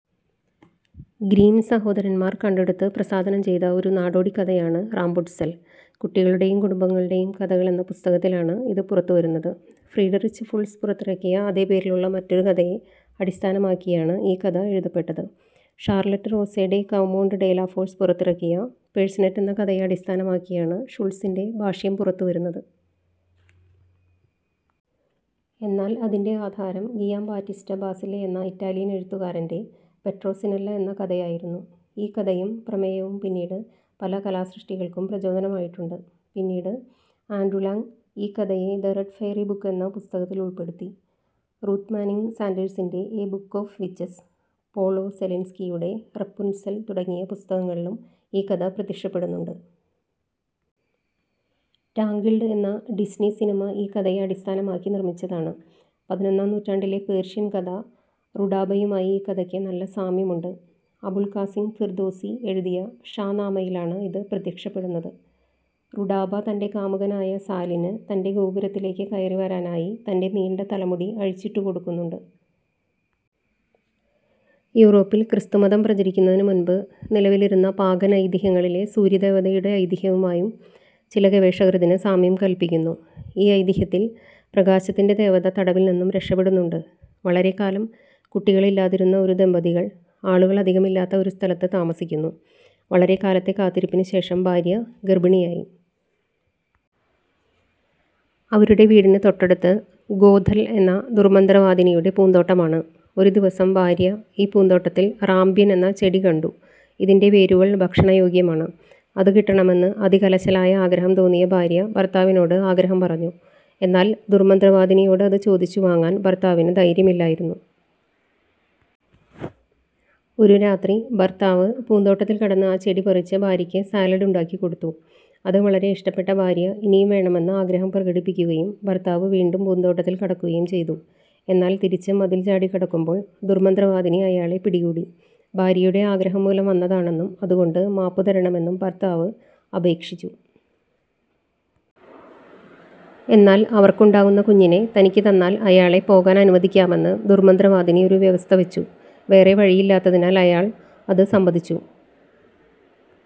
Grim സഹോദരന്മാർ കണ്ടെടുത്ത് പ്രസാധനം ചെയ്ത ഒരു നാടോടിക്കഥയാണ് റാപുൻട്സെൽ. കുട്ടികളുടെയും കുടുംബങ്ങളുടെയും കഥകൾ എന്ന പുസ്തകത്തിലാണ് ഇത് പുറത്തുവരുന്നത്. ഫ്രീഡറിച്ച് ഷുൾസ് പുറത്തിറക്കിയ അതേ പേരിലുള്ള മറ്റൊരു കഥയെ അടിസ്ഥാനമാക്കിയാണ് ഈ കഥ എഴുതപ്പെട്ടത്. Charlotte Rose de Caumont de La Force പുറത്തിറക്കിയ പേഴ്സിനെറ്റ് എന്ന കഥയെ അടിസ്ഥാനമാക്കിയാണ് ഷുൾട്സിൻ്റെ ഭാഷ്യം പുറത്തുവരുന്നത്. എന്നാൽ അതിൻ്റെ ആധാരം ഗിയാംബാറ്റിസ്റ്റ ബാസിലെ എന്ന ഇറ്റാലിയൻ എഴുത്തുകാരൻ്റെ പെട്രോസിനെല്ല എന്ന കഥയായിരുന്നു. ഈ കഥയും പ്രമേയവും പിന്നീട് പല കലാസൃഷ്ടികൾക്കും പ്രചോദനമായിട്ടുണ്ട്. പിന്നീട് ആൻഡ്രൂ ലാങ് ഈ കഥയെ 'ദി റെഡ് ഫെയറി ബുക്ക്' എന്ന പുസ്തകത്തിൽ ഉൾപ്പെടുത്തി. രൂത്ത് മാനിംഗ് സാന്ഡേഴ്സിൻ്റെ 'a book of witches', Paul O സെലിൻസ്കിയുടെ 'റപ്പുൻസെൽ' തുടങ്ങിയ പുസ്തകങ്ങളിലും ഈ കഥ പ്രത്യക്ഷപ്പെടുന്നുണ്ട്. 'റ്റാങ്കിൽഡ്' എന്ന ഡിസ്നി സിനിമ ഈ കഥയെ അടിസ്ഥാനമാക്കി നിർമ്മിച്ചതാണ്. പതിനൊന്നാം നൂറ്റാണ്ടിലെ പേർഷ്യൻ കഥ റുഡാബയുമായി ഈ കഥയ്ക്ക് നല്ല സാമ്യമുണ്ട്. അബുൾ കാസിം ഫിർദോസി എഴുതിയ ഷാ നാമയിലാണ് ഇത് പ്രത്യക്ഷപ്പെടുന്നത്. റുഡാബ തൻ്റെ കാമുകനായ സാലിന് തൻ്റെ ഗോപുരത്തിലേക്ക് കയറിവരാനായി തൻ്റെ നീണ്ട തലമുടി അഴിച്ചിട്ടു കൊടുക്കുന്നുണ്ട്. യൂറോപ്പിൽ ക്രിസ്തുമതം പ്രചരിക്കുന്നതിന് മുൻപ് നിലവിലിരുന്ന പാഗൻ ഐതിഹ്യങ്ങളിലെ സൂര്യദേവതയുടെ ഐതിഹ്യവുമായും ചില ഗവേഷകർ ഇതിന് സാമ്യം കൽപ്പിക്കുന്നു. ഈ ഐതിഹ്യത്തിൽ പ്രകാശത്തിൻ്റെ ദേവത തടവിൽ നിന്നും രക്ഷപ്പെടുന്നുണ്ട്. വളരെക്കാലം കുട്ടികളില്ലാതിരുന്ന ഒരു ദമ്പതികൾ ആളുകൾ അധികമില്ലാത്ത ഒരു സ്ഥലത്ത് താമസിക്കുന്നു. വളരെക്കാലത്തെ കാത്തിരിപ്പിനുശേഷം ഭാര്യ ഗർഭിണിയായി. അവരുടെ വീടിന് തൊട്ടടുത്ത് ഗോഥൽ എന്ന ദുർമന്ത്രവാദിനിയുടെ പൂന്തോട്ടമാണ്. ഒരു ദിവസം ഭാര്യ ഈ പൂന്തോട്ടത്തിൽ റാമ്പ്യൻ എന്ന ചെടി കണ്ടു. ഇതിൻ്റെ വേരുകൾ ഭക്ഷണയോഗ്യമാണ്. അത് കിട്ടണമെന്ന് അതികലശലായ ആഗ്രഹം തോന്നിയ ഭാര്യ ഭർത്താവിനോട് ആഗ്രഹം പറഞ്ഞു. എന്നാൽ ദുർമന്ത്രവാദിനിയോട് അത് ചോദിച്ചു വാങ്ങാൻ ഭർത്താവിന് ധൈര്യമില്ലായിരുന്നു. ഒരു രാത്രി ഭർത്താവ് പൂന്തോട്ടത്തിൽ കടന്ന് ആ ചെടി പറിച്ച് ഭാര്യയ്ക്ക് സാലഡ് ഉണ്ടാക്കി കൊടുത്തു. അത് വളരെ ഇഷ്ടപ്പെട്ട ഭാര്യ ഇനിയും വേണമെന്ന് ആഗ്രഹം പ്രകടിപ്പിക്കുകയും ഭർത്താവ് വീണ്ടും പൂന്തോട്ടത്തിൽ കടക്കുകയും ചെയ്തു. എന്നാൽ തിരിച്ച് മതിൽ ചാടിക്കടക്കുമ്പോൾ ദുർമന്ത്രവാദിനി അയാളെ പിടികൂടി. ഭാര്യയുടെ ആഗ്രഹം മൂലം വന്നതാണെന്നും അതുകൊണ്ട് മാപ്പു തരണമെന്നും ഭർത്താവ് അപേക്ഷിച്ചു. എന്നാൽ അവർക്കുണ്ടാകുന്ന കുഞ്ഞിനെ തനിക്ക് തന്നാൽ അയാളെ പോകാൻ അനുവദിക്കാമെന്ന് ദുർമന്ത്രവാദിനി ഒരു വ്യവസ്ഥ വെച്ചു. വേറെ വഴിയില്ലാത്തതിനാൽ അയാൾ അത് സമ്മതിച്ചു.